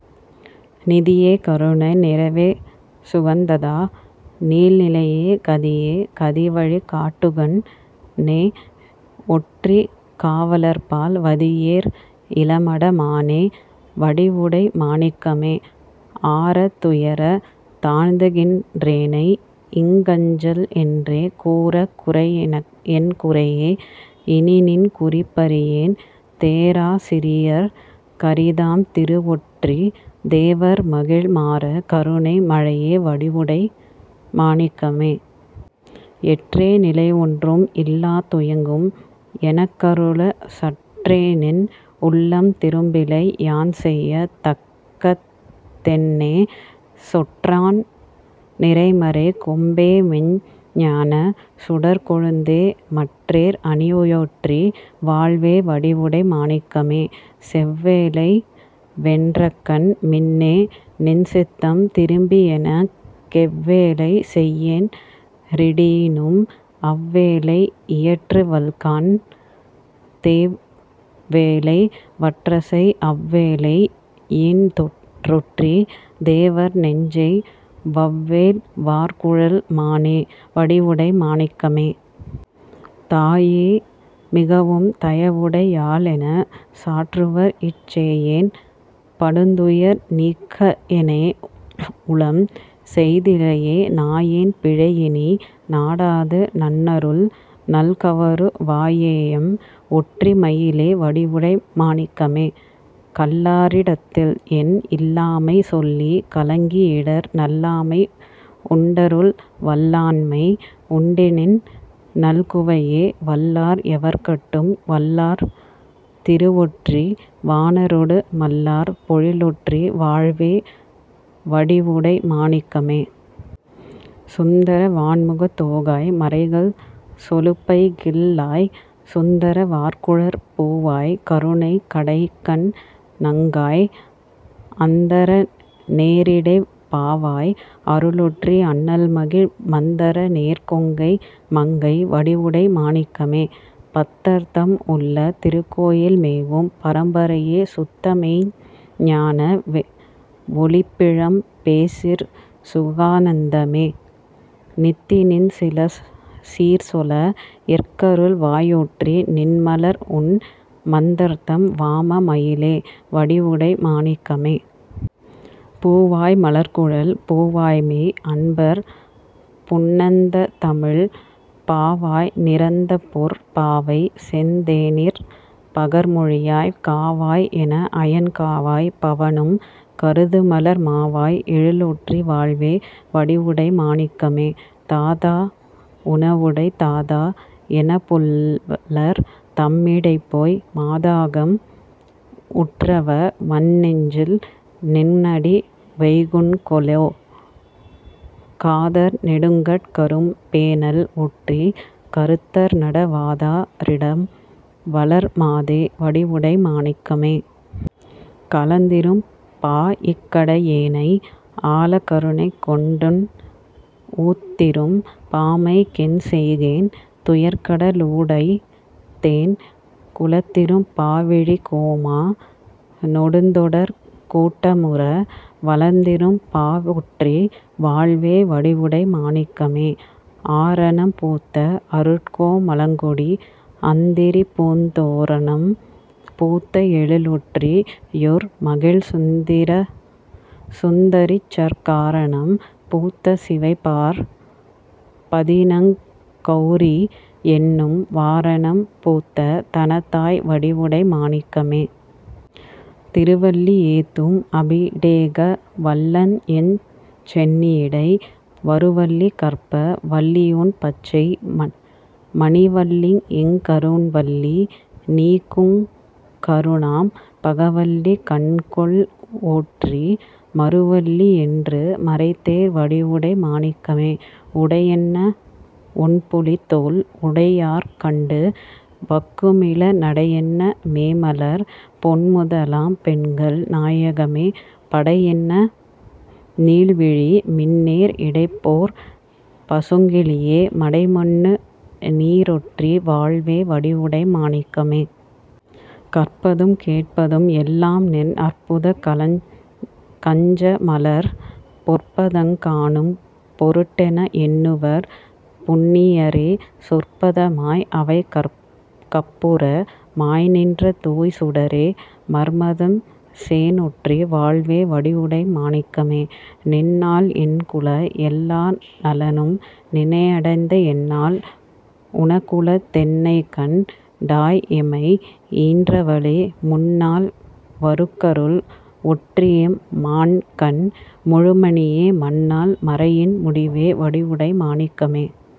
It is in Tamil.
நிதியே கருணை நிறைவே சுகாநந்த நீள்நிலையே கதியே கதிவழி காட்டுங்கண் ணேஒற்றிக் காவலர்பால் வதியேர் இளமட மானே வடிவுடை மாணிக்கமே. ஆறாத் துயரத் தழுந்துகின்றேனைஇங் கஞ்சல்என்றே கூறாக் குறைஎன்குறையே இனிநின் குறிப்பறியேன் தேறாச் சிறியர்க் கரிதாம் திருவொற்றித் தேவர்மகிழ் மாறாக் கருணை மழையே வடிவுடை மாணிக்கமே. எற்றே நிலைஒன்றும் இல்லா துயங்கும் எனக்கருளச் சற்றேநின் உள்ளம் திரும்பிலை யான்செயத் தக்கதென்னே சொற்றேன் நிறைமறைக் கொம்பேமெய்ஞ் ஞானச் சுடர்க்கொழுந்தே மற்றேர் அணியொற்றி வாழ்வே வடிவுடை மாணிக்கமே. செவ்வேலை வென்றகண் மின்னே நின்சித்தம் திரும்பியெனக் கெவ்வேலை செய்யேன் றிடினும் அவ்வேலை இயற்றுவல்காண் தெவ்வேலை வற்றச்செய் அவ்வேளை யீன்றொற்றித் தேவர்நெஞ்சை வவ்வேல வார்குழல் மானே வடிவுடை மாணிக்கமே. தாயே மிகவும் தயவுடை யாள்எனச் சாற்றுவர்இச் சேயேன் படுந்துயர் நீக்கஎன்னேஉளம் செய்திலையே நாயேன் பிழைஇனி நாடாது நல்லருள் நல்கவரு வாயேஎம் ஒற்றி மயிலே வடிவுடை மாணிக்கமே. கல்லாரிடத்தில்என் இல்லாமை சொல்லிக் கலங்கிஇடர் நல்லாண்மை உண்டருள் வல்லாண்மை உண்டெனின் நல்குவையே வல்லார் எவர்கட்கும் வல்லார் திருவொற்றி வாணரொடு மல்லார் பொழில்ஒற்றி வாழ்வே வடிவுடை மாணிக்கமே. சுந்தர வாண்முகத் தோகாய் மறைகள் சொலுபைங்கிள்ளாய் சுந்தர வார்குழற் பூவாய் கருணைக் கடைக்கண்நங்காய் அந்தர நேரிடைப் பாவாய் அருள்ஒற்றி அண்ணல்மகிழ் மந்தர நேர்கொங்கை மங்கை வடிவுடை மாணிக்கமே. பத்தர்தம் உள்ளத் திருக்கோயில் மேவும் பரம்பரையே சுத்தமெய்ஞ் ஞானவொளிப்பிழம் பேசிற் சுகாநந்தமே நித்தநின் சீர்சொல எற்கருள் வாய்ஒற்றி நின்மலர்உன் மத்தர்தம் வாம மயிலே வடிவுடை மாணிக்கமே. பூவாய் மலர்க்குழல் பூவாய்மெய் அன்பர் புனைந்ததமிழ்ப் பாவாய் நிறைந்தபொற் பாவாய்செந் தேனிற் பகர்மொழியாய் காவாய் எனஅயன்காவாய் பவனும் கருதுமலர் மாவாய் எழில்ஒற்றி வாழ்வே வடிவுடை மாணிக்கமே. தாதா உணவுடை தாதா எனப்புல்லர் தம்மிடைப்போய் மாதாகம் உற்றவர் வன்நெஞ்சில் நின்அடி வைகுங்கொலோ காதார் நெடுங்கட் கரும்பேநல் ஒற்றிக் கருத்தர்நட வாதா ரிடம்வளர் மாதே வடிவுடை மாணிக்கமே. களந்திரும் பாஇக் கடையேனை ஆளக்கருணைகொண்டுன் உளத்திரும் பாமைக் கென் செய்கேன் துயர்க்கட லூடலைந்தேன் குளத்திரும் பாவிழிக் கோமா னொடுந்தொண்டர் கூட்டமுற வளந்திரும் பாவொற்றி வாழ்வே வடிவுடை மாணிக்கமே. ஆரணம் பூத்த அருட்கோ மளக்கொடி அந்தரிபூந் தோரணம் பூத்த எழில்ஒற்றி யுர்மகிழ் சுந்தரிசற் காரணம் பூத்த சிவைப்பார்ப் பதிநங் கெளரிஎன்னும் வாரணம் பூத்த தனத்தாய் வடிவுடை மாணிக்கமே. திருவல்லி ஏத்தும் அபிடேக வல்லிஎஞ் சென்னியிடை வருவல்லி கற்பக வல்லிஒண் பச்சை மணிவல்லிஎங் கருவல்லி நீக்குங் கருணாம் பகவல்லி கண்கொள்ஒற்றி மருவல்லி யென்று மறைதேர் வடிவுடை மாணிக்கமே. உடையென்ன ஒண்புலித் தோல்உடை யார்கண்டுவக்குமிள நடையென்ன மேமலர்ப் பொன்முத லாம்பெண்கள் நாயகமே படையென்ன நீள்விழி மின்னேர் இடைப் பொற் பசுங்கிளியே மடைமன்னு நீரொற்றி வாழ்வே வடிவுடை மாணிக்கமே. கற்பதும் கேட்பதும் எல்லாம்நின் அற்புதக் கஞ்சமலர்ப் பொற்பதங் காணும் பொருட்டென எண்ணுவர் புண்ணியரே சொற்பத மாய் அவைக் கப்புற மாய்நின்ற தூய்ச் சுடரே மற்பதம் சேரொற்றி வாழ்வே வடிவுடை மாணிக்கமே. நின்னால் எனக்குள எல்லா நலனும் நினைஅடைந்த என்னால் உனக்குள தென்னைகண் டாய்எமை ஈன்றவளே முன்நால் வருக்கருள் ஒற்றிஎம் மான்கண் முழுமணியே மன்னால் மறையின் முடிவே வடிவுடை மாணிக்கமே.